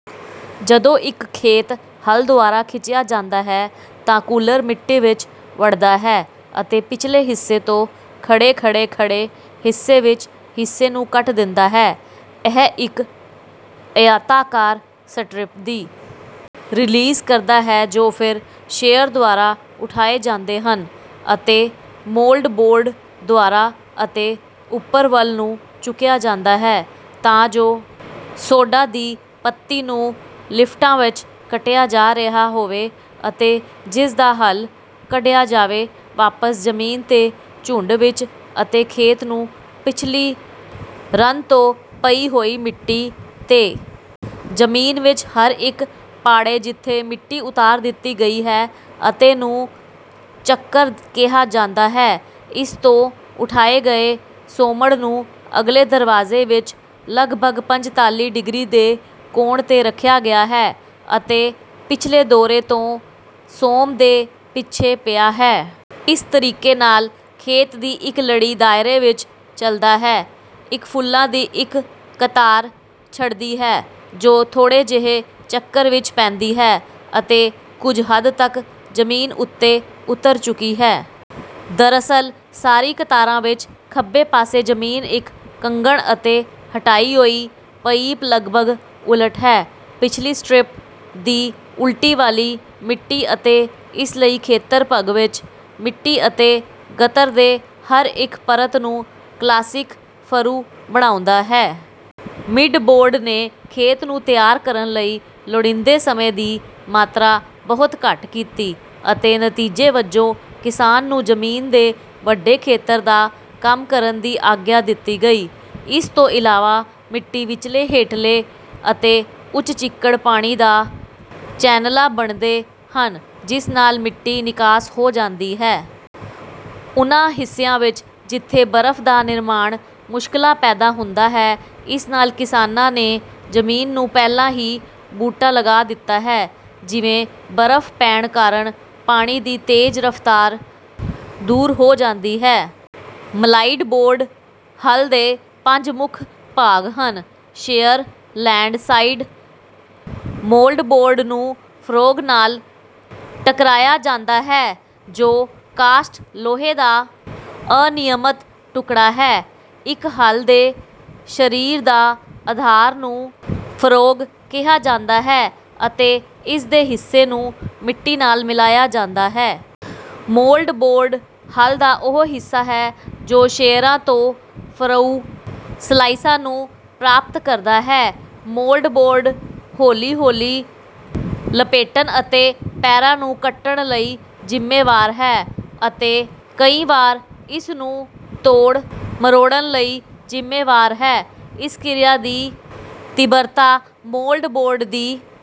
ਜਦੋਂ ਇੱਕ ਖੇਤ ਹਲ ਦੁਆਰਾ ਖਿੱਚਿਆ ਜਾਂਦਾ ਹੈ ਤਾਂ ਕੂਲਰ ਮਿੱਟੀ ਵਿੱਚ ਵੱਢਦਾ ਹੈ ਅਤੇ ਪਿਛਲੇ ਹਿੱਸੇ ਤੋਂ ਖੜ੍ਹੇ ਖੜ੍ਹੇ ਖੜ੍ਹੇ ਹਿੱਸੇ ਵਿੱਚ ਹਿੱਸੇ ਨੂੰ ਕੱਟ ਦਿੰਦਾ ਹੈ। ਇਹ ਇੱਕ ਆਇਤਾਕਾਰ ਸਟਰਿੱਪ ਦੀ ਰਿਲੀਜ਼ ਕਰਦਾ ਹੈ ਜੋ ਫਿਰ ਸ਼ੇਅਰ ਦੁਆਰਾ ਉਠਾਏ ਜਾਂਦੇ ਹਨ ਅਤੇ ਮੋਲਡਬੋਰਡ ਦੁਆਰਾ ਅਤੇ ਉੱਪਰ ਵੱਲ ਨੂੰ ਚੁੱਕਿਆ ਜਾਂਦਾ ਹੈ ਤਾਂ ਜੋ ਸੋਢਾ ਦੀ ਪੱਤੀ ਨੂੰ ਲਿਫਟਾਂ ਵਿੱਚ ਕੱਟਿਆ ਜਾ ਰਿਹਾ ਹੋਵੇ ਅਤੇ ਜਿਸਦਾ ਹਲ ਕੱਢਿਆ ਜਾਵੇ ਵਾਪਸ ਜ਼ਮੀਨ ਤੇ ਝੁੰਡ ਵਿੱਚ ਅਤੇ ਖੇਤ ਨੂੰ ਪਿਛਲੀ ਰਨ ਤੋਂ ਪਈ ਹੋਈ ਮਿੱਟੀ ਤੇ। ਜ਼ਮੀਨ ਵਿੱਚ ਹਰ ਇੱਕ ਪਾੜੇ ਜਿੱਥੇ ਮਿੱਟੀ ਉਤਾਰ ਦਿੱਤੀ ਗਈ ਹੈ ਅਤੇ ਨੂੰ ਚੱਕਰ ਕਿਹਾ ਜਾਂਦਾ ਹੈ। ਇਸ ਤੋਂ ਉਠਾਏ ਗਏ ਸੋਮੜ ਨੂੰ ਅਗਲੇ ਦਰਵਾਜ਼ੇ ਵਿੱਚ ਲਗਭਗ ਪੰਜਤਾਲੀ ਡਿਗਰੀ ਦੇ ਕੋਣ ਤੇ ਰੱਖਿਆ ਗਿਆ ਹੈ ਅਤੇ ਪਿਛਲੇ ਦੌਰੇ ਤੋਂ ਸੋਮ ਦੇ ਪਿੱਛੇ ਪਿਆ ਹੈ। ਇਸ ਤਰੀਕੇ ਨਾਲ ਖੇਤ ਦੀ ਇੱਕ ਲੜੀ ਦਾਇਰੇ ਵਿੱਚ ਚਲਦਾ ਹੈ ਇੱਕ ਫੁੱਲਾਂ ਦੀ ਇੱਕ ਕਤਾਰ ਛੱਡਦੀ ਹੈ ਜੋ ਥੋੜ੍ਹੇ ਜਿਹੇ ਚੱਕਰ ਵਿੱਚ ਪੈਂਦੀ ਹੈ ਅਤੇ ਕੁਝ ਹੱਦ ਤੱਕ ਜ਼ਮੀਨ ਉੱਤੇ ਉਤਰ ਚੁੱਕੀ ਹੈ। ਦਰਅਸਲ ਸਾਰੀ ਕਤਾਰਾਂ ਵਿੱਚ ਖੱਬੇ ਪਾਸੇ ਜ਼ਮੀਨ ਇੱਕ ਕੰਗਣ ਅਤੇ ਹਟਾਈ ਹੋਈ ਪਈਪ ਲਗਭਗ ਉਲਟ ਹੈ ਪਿਛਲੀ ਸਟਰਿਪ ਦੀ ਉਲਟੀ ਵਾਲੀ ਮਿੱਟੀ ਅਤੇ ਇਸ ਲਈ ਖੇਤਰ ਭਰ ਵਿੱਚ। ਮਿੱਟੀ ਅਤੇ ਗਤਰ ਦੇ ਹਰ ਇੱਕ ਪਰਤ ਨੂੰ ਕਲਾਸਿਕ ਫਰੂ ਬਣਾਉਦਾ ਹੈ। ਮਿੱਡ ਬੋਰਡ ਨੇ ਖੇਤ ਨੂੰ ਤਿਆਰ ਕਰਨ ਲਈ ਲੋੜੀਂਦੇ ਸਮੇਂ ਦੀ ਮਾਤਰਾ ਬਹੁਤ ਘੱਟ ਕੀਤੀ ਅਤੇ ਨਤੀਜੇ ਵਜੋਂ ਕਿਸਾਨ ਨੂੰ ਜ਼ਮੀਨ ਦੇ ਵੱਡੇ ਖੇਤਰ ਦਾ ਕੰਮ ਕਰਨ ਦੀ ਆਗਿਆ ਦਿੱਤੀ ਗਈ। ਇਸ ਤੋਂ ਇਲਾਵਾ ਮਿੱਟੀ ਵਿੱਚਲੇ ਹੇਠਲੇ ਅਤੇ ਉੱਚ ਚਿੱਕੜ ਪਾਣੀ ਦਾ ਚੈਨਲਾਂ ਬਣਦੇ ਹਨ ਜਿਸ ਨਾਲ ਮਿੱਟੀ ਨਿਕਾਸ ਹੋ ਜਾਂਦੀ ਹੈ। ਉਨ੍ਹਾਂ ਹਿੱਸਿਆਂ ਵਿੱਚ ਜਿੱਥੇ ਬਰਫ ਦਾ ਨਿਰਮਾਣ ਮੁਸ਼ਕਲਾਂ ਪੈਦਾ ਹੁੰਦਾ ਹੈ ਇਸ ਨਾਲ ਕਿਸਾਨਾਂ ਨੇ ਜ਼ਮੀਨ ਨੂੰ ਪਹਿਲਾਂ ਹੀ ਬੂਟਾ ਲਗਾ ਦਿੱਤਾ ਹੈ ਜਿਵੇਂ ਬਰਫ ਪੈਣ ਕਾਰਨ ਪਾਣੀ ਦੀ ਤੇਜ਼ ਰਫਤਾਰ ਦੂਰ ਹੋ ਜਾਂਦੀ ਹੈ। ਮਲਾਈਡਬੋਰਡ ਹਲ ਦੇ ਪੰਜ ਮੁੱਖ ਭਾਗ ਹਨ ਸ਼ੇਅਰ ਲੈਂਡਸਾਈਡ ਮੋਲਡ ਬੋਰਡ ਨੂੰ ਫਰੌਗ ਨਾਲ ਟਕਰਾਇਆ ਜਾਂਦਾ ਹੈ ਜੋ ਕਾਸਟ ਲੋਹੇ ਦਾ ਅਨਿਯਮਤ ਟੁਕੜਾ ਹੈ। ਇੱਕ ਹਲ ਦੇ ਸ਼ਰੀਰ ਦਾ ਅਧਾਰ ਨੂੰ ਫਰੌਗ ਕਿਹਾ ਜਾਂਦਾ ਹੈ ਅਤੇ ਇਸਦੇ ਹਿੱਸੇ ਨੂੰ ਮਿੱਟੀ ਨਾਲ ਮਿਲਾਇਆ ਜਾਂਦਾ ਹੈ। ਮੋਲਡਬੋਰਡ ਹਲ ਦਾ ਉਹ ਹਿੱਸਾ ਹੈ ਜੋ ਸ਼ੇਅਰਾਂ ਤੋਂ ਫਰਓ ਸਲਾਇਸਾਂ ਨੂੰ ਪ੍ਰਾਪਤ ਕਰਦਾ ਹੈ। ਮੋਲਡਬੋਰਡ ਹੌਲੀ ਹੌਲੀ ਲਪੇਟਣ ਅਤੇ ਪੈਰਾਂ ਨੂੰ ਕੱਟਣ ਲਈ ਜ਼ਿੰਮੇਵਾਰ ਹੈ ਅਤੇ ਕਈ ਵਾਰ ਇਸ ਨੂੰ ਤੋੜ ਮਰੋੜਨ ਲਈ ਜ਼ਿੰਮੇਵਾਰ ਹੈ। ਇਸ ਕਿਰਿਆ ਦੀ ਤੀਬਰਤਾ ਮੋਲਡਬੋਰਡ ਦੀ